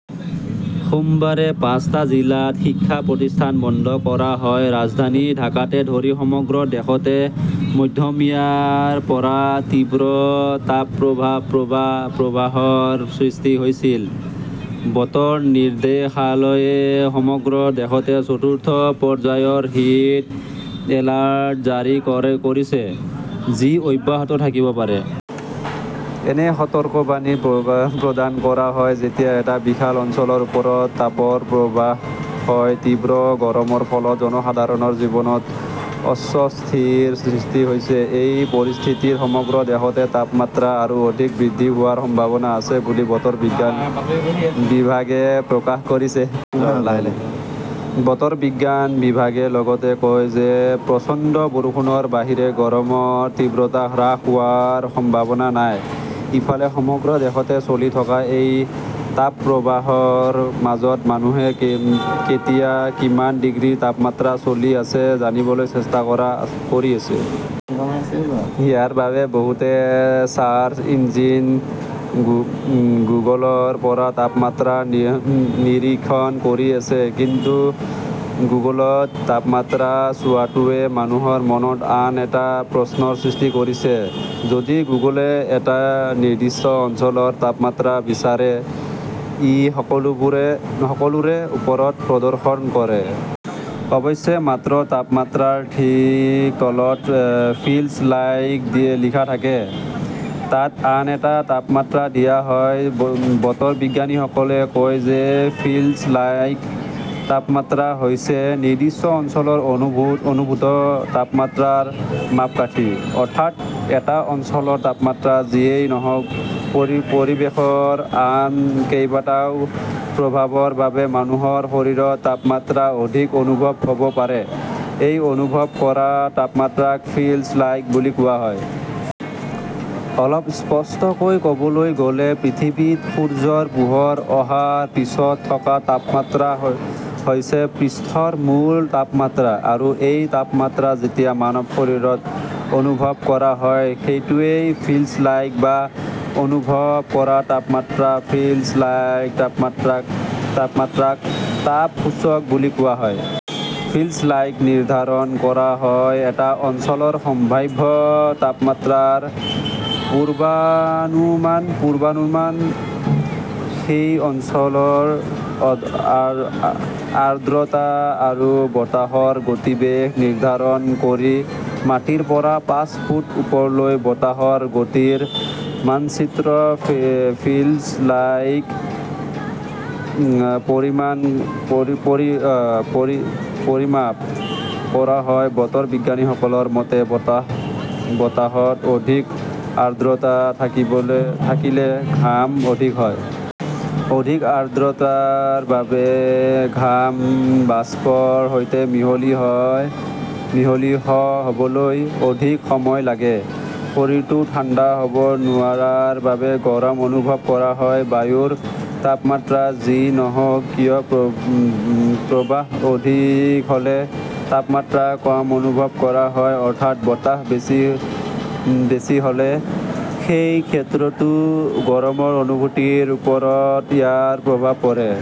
সোমবাৰে পাঁচটা জিলাত শিক্ষা প্ৰতিষ্ঠান বন্ধ কৰা হয়। ৰাজধানী ঢাকাকে ধৰি সমগ্ৰ দেশতে মধ্যমীয়াৰ পৰা তীব্ৰ তাপপ্ৰৱাহৰ সৃষ্টি হৈছে। বতৰ নিৰ্দেশালয়ে সমগ্ৰ দেশতে চতুৰ্থ পৰ্যায়ৰ হিট এলাৰ্ট জাৰি কৰিছে, যি অব্যাহত থাকিব পাৰে। এনে সতৰ্কবাণী প্ৰদান কৰা হয় যেতিয়া এটা বিশাল অঞ্চলৰ ওপৰত তাপৰ প্ৰৱাহ হয়। তীব্ৰ গৰমৰ ফলত জনসাধাৰণৰ জীৱনত অস্বস্তিৰ সৃষ্টি হৈছে। এই পৰিস্থিতিত সমগ্ৰ দেশতে তাপমাত্ৰা আৰু অধিক বৃদ্ধি হোৱাৰ সম্ভাৱনা আছে বুলি বতৰ বিজ্ঞান বিভাগে প্ৰকাশ কৰিছে। বতৰ বিজ্ঞান বিভাগে লগতে কয় যে প্ৰচণ্ড বৰষুণৰ বাহিৰে গৰমৰ তীব্ৰতা হ্ৰাস হোৱাৰ সম্ভাৱনা নাই। ইফালে, সমগ্ৰ দেশতে চলি থকা এই তাপপ্ৰৱাহৰ মাজত মানুহে কেতিয়া কিমান ডিগ্ৰী তাপমাত্ৰা চলি আছে জানিবলৈ চেষ্টা কৰি আছে। ইয়াৰ বাবে বহুতে চাৰ্চ ইঞ্জিন গুগলৰ পৰা তাপমাত্ৰা নিৰীক্ষণ কৰি আছে। কিন্তু গুগলত তাপমাত্ৰা চোৱাটোৱে মানুহৰ মনত আন এটা প্ৰশ্নৰ সৃষ্টি কৰিছে। যদি গুগলে এটা নিৰ্দিষ্ট অঞ্চলৰ তাপমাত্ৰা বিচাৰে, ই সকলোৰে ওপৰত প্ৰদৰ্শন কৰে। অৱশ্যে, মাত্ৰ তাপমাত্ৰাৰ ঠিক তলত "ফিলছ লাইক" লিখা থাকে। তাত আন এটা তাপমাত্ৰা দিয়া হয়। বতৰ বিজ্ঞানীসকলে কয় যে "ফিলছ লাইক" তাপমাত্ৰা হৈছে নিৰ্দিষ্ট অঞ্চলৰ অনুভূত তাপমাত্ৰাৰ মাপকাঠি। অৰ্থাৎ, এটা অঞ্চলৰ তাপমাত্ৰা যিয়েই নহওঁক, পৰিৱেশৰ আন কেইবাটাও প্ৰভাৱৰ বাবে মানুহৰ শৰীৰত তাপমাত্ৰা অধিক অনুভৱ হ 'ব পাৰে; এই অনুভৱ কৰা তাপমাত্ৰাক ফিলছ লাইক বুলি কোৱা হয়। অলপ স্পষ্টকৈ ক'বলৈ গ'লে, পৃথিৱীত সূৰ্য্যৰ পোহৰ অহাৰ পিছত থকা তাপমাত্ৰা হৈছে পৃষ্ঠৰ মূল তাপমাত্ৰা। আৰু এই তাপমাত্ৰা যেতিয়া মানৱ শৰীৰত অনুভৱ কৰা হয়, সেইটোৱেই "ফিলছ লাইক" বা অনুভৱ কৰা তাপমাত্ৰা। ফিলছ লাইক তাপমাত্ৰাক তাপ সূচক বুলি কোৱা হয়। ফিলছ লাইক নিৰ্ধাৰণ কৰা হয় এটা অঞ্চলৰ সম্ভাৱ্য তাপমাত্ৰাৰ পূৰ্বানুমান, সেই অঞ্চলৰ আৰ্দ্ৰতা আৰু বতাহৰ গতিবেগ নিৰ্ধাৰণ কৰি। মাটিৰ পৰা পাঁচ ফুট ওপৰলৈ বতাহৰ গতিৰ মানচিত্ৰত ফিলছ লাইক পৰিমাপ কৰা হয়। বতৰ বিজ্ঞানীসকলৰ মতে, বতাহত অধিক আৰ্দ্ৰতা থাকিলে ঘাম অধিক হয়। অধিক আৰ্দ্ৰতাৰ বাবে ঘাম বাষ্পৰ সৈতে মিহলি হ 'বলৈ অধিক সময় লাগে। শৰীৰটো ঠাণ্ডা হ'ব নোৱাৰাৰ বাবে গৰম অনুভৱ কৰা হয়। বায়ুৰ তাপমাত্ৰা যি নহওক কিয়, প্ৰবাহ অধিক হ 'লে তাপমাত্ৰা কম অনুভৱ কৰা হয়, অৰ্থাৎ বতাহ বেছি হ' লে। সেই ক্ষেত্ৰতো গৰমৰ অনুভূতিৰ ওপৰত ইয়াৰ প্ৰভাৱ পৰে।